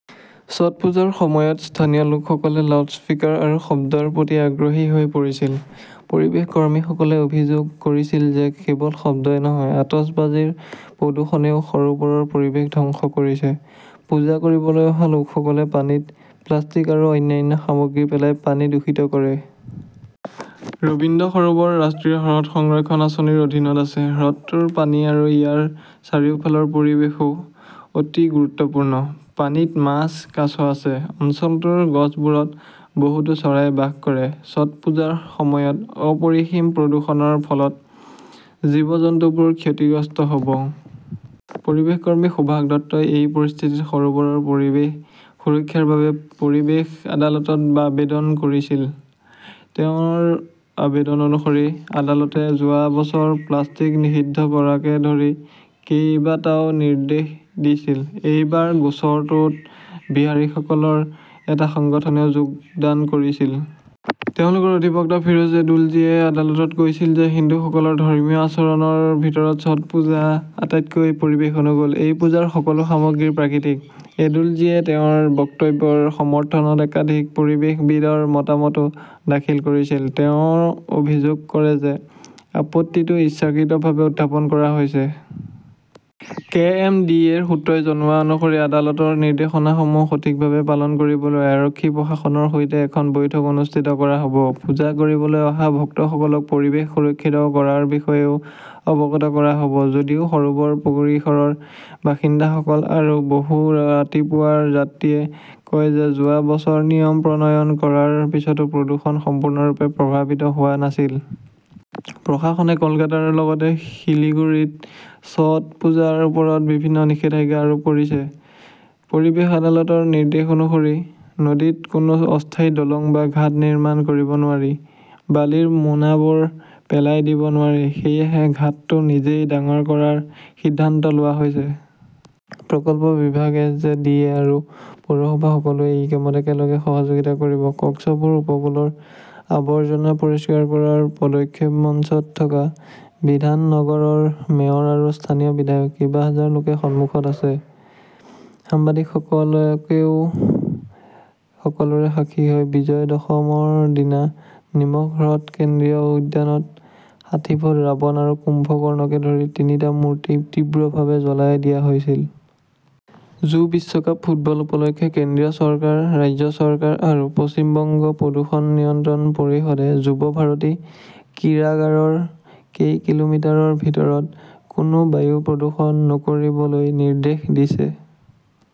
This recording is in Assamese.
ছট পূজাৰ সময়ত স্থানীয় লোকসকলে লাউডস্পিকাৰ আৰু শব্দৰ প্ৰতি আগ্ৰহী হৈ পৰিছিল। পৰিৱেশ কৰ্মীসকলে অভিযোগ কৰিছিল যে কেৱল শব্দই নহয়, আতচবাজীৰ প্ৰদূষণেও সৰোবৰৰ পৰিৱেশ ধ্বংস কৰিছে। পূজা কৰিবলৈ অহা লোকসকলে পানীত প্লাষ্টিক আৰু অন্যান্য সামগ্ৰী পেলাই পানী দূষিত কৰে। ৰবীন্দ্ৰ সৰোবৰ ৰাষ্ট্ৰীয় হ্ৰদ সংৰক্ষণ আঁচনিৰ অধীনত আছে। হ্ৰদটোৰ পানী আৰু ইয়াৰ চাৰিওফালৰ পৰিৱেশও অতি গুৰুত্বপূৰ্ণ। পানীত মাছ, কাছ আছে। অঞ্চলটোৰ গছবোৰত বহুতো চৰাই বাস কৰে। ছট পূজাৰ সময়ত অপৰিসীম প্ৰদূষণৰ ফলত জীৱ-জন্তুবোৰ ক্ষতিগ্ৰস্ত হব। পৰিৱেশ কৰ্মী সুভাষ দত্তই এই পৰিস্থিতিত সৰোবৰৰ পৰিৱেশ সুৰক্ষাৰ বাবে পৰিৱেশ আদালতত আবেদন কৰিছিল। তেওঁৰ আবেদন অনুসৰি আদালতে যোৱা বছৰ প্লাষ্টিক নিষিদ্ধ কৰাকে ধৰি কেইবাটাও নিৰ্দেশ দিছিল। এইবাৰ গোচৰটোত বিহাৰীসকলৰ এটা সংগঠনেও যোগদান কৰিছিল। তেওঁলোকৰ অধিবক্তা ফিৰোজ এডুলজীয়ে আদালতত কৈছিল যে হিন্দুসকলৰ ধৰ্মীয় আচৰণৰ ভিতৰত ছট পূজা আটাইতকৈ পৰিৱেশ অনুকূল। এই পূজাৰ সকলো সামগ্ৰী প্ৰাকৃতিক। এডুলজীয়ে তেওঁৰ বক্তব্যৰ সমৰ্থনত একাধিক পৰিৱেশবিদৰ মতামতও দাখিল কৰিছিল। তেওঁ অভিযোগ কৰে যে আপত্তিটো ইচ্ছাকৃতভাৱে উত্থাপন কৰা হৈছে। কে. এম. ডি. এ. -ৰ সূত্ৰই জনোৱা অনুসৰি আদালতৰ নিৰ্দেশনাসমূহ সঠিকভাৱে পালন কৰিবলৈ আৰক্ষী-প্ৰশাসনৰ সৈতে এখন বৈঠক অনুষ্ঠিত কৰা হব। পূজা কৰিবলৈ অহা ভক্তসকলক পৰিৱেশ সুৰক্ষিত কৰাৰ বিষয়েও অৱগত কৰা হব। যদিও সৰোবৰ পৰিসৰৰ বাসিন্দাসকল আৰু বহু ৰাতিপুৱাৰ যাত্ৰীয়ে কয় যে যোৱা বছৰ নিয়ম প্ৰণয়ন কৰাৰ পিছতো প্ৰদূষণ সম্পূৰ্ণৰূপে প্ৰভাৱিত হোৱা নাছিল। প্ৰশাসনে কলকাতাৰ লগতে শিলিগুড়িত ছট পূজাৰ ওপৰত বিভিন্ন নিষেধাজ্ঞা আৰোপ কৰিছে। পৰিৱেশ আদালতৰ নিৰ্দেশ অনুসৰি নদীত কোনো অস্থায়ী দলং বা ঘাট নিৰ্মাণ কৰিব নোৱাৰি। বালিৰ মোনাবোৰ পেলাই দিব নোৱাৰি। সেয়েহে ঘাটটো নিজেই ডাঙৰ কৰাৰ সিদ্ধান্ত লোৱা হৈছে। প্ৰকল্প বিভাগ, এছ. জে. ডি. এ. আৰু পৌৰসভা-সকলোৱে এই কামত একেলগে সহযোগিতা কৰিব। কক্সবুৰ উপকূলৰ আৱৰ্জনা পৰিষ্কাৰ কৰাৰ পদক্ষেপ মঞ্চত থকা বিধাননগৰৰ মেয়ৰ আৰু স্থানীয় বিধায়ক। কেইবা হাজাৰ লোকে সন্মুখত আছে, সাংবাদিকসকলেও। সকলোৰে সাক্ষী হৈ বিজয় দশমৰ দিনা নিমখ হ্ৰদ কেন্দ্ৰীয় উদ্যানত ষাঠি ফুট ৰাৱণ আৰু কুম্ভকৰ্ণকে ধৰি তিনিটা মূৰ্তি তীব্ৰভাৱে জ্বলাই দিয়া হৈছিল। যু- বিশ্বকাপ ফুটবল উপলক্ষে কেন্দ্ৰীয় চৰকাৰ, ৰাজ্য চৰকাৰ আৰু পশ্চিম বংগ প্ৰদূষণ নিয়ন্ত্ৰণ পৰিষদে যুৱ ভাৰতী ক্ৰীড়াগাৰৰ কেইকিলোমিটাৰৰ ভিতৰত কোনো বায়ু প্ৰদূষণ নকৰিবলৈ নিৰ্দেশ দিছে।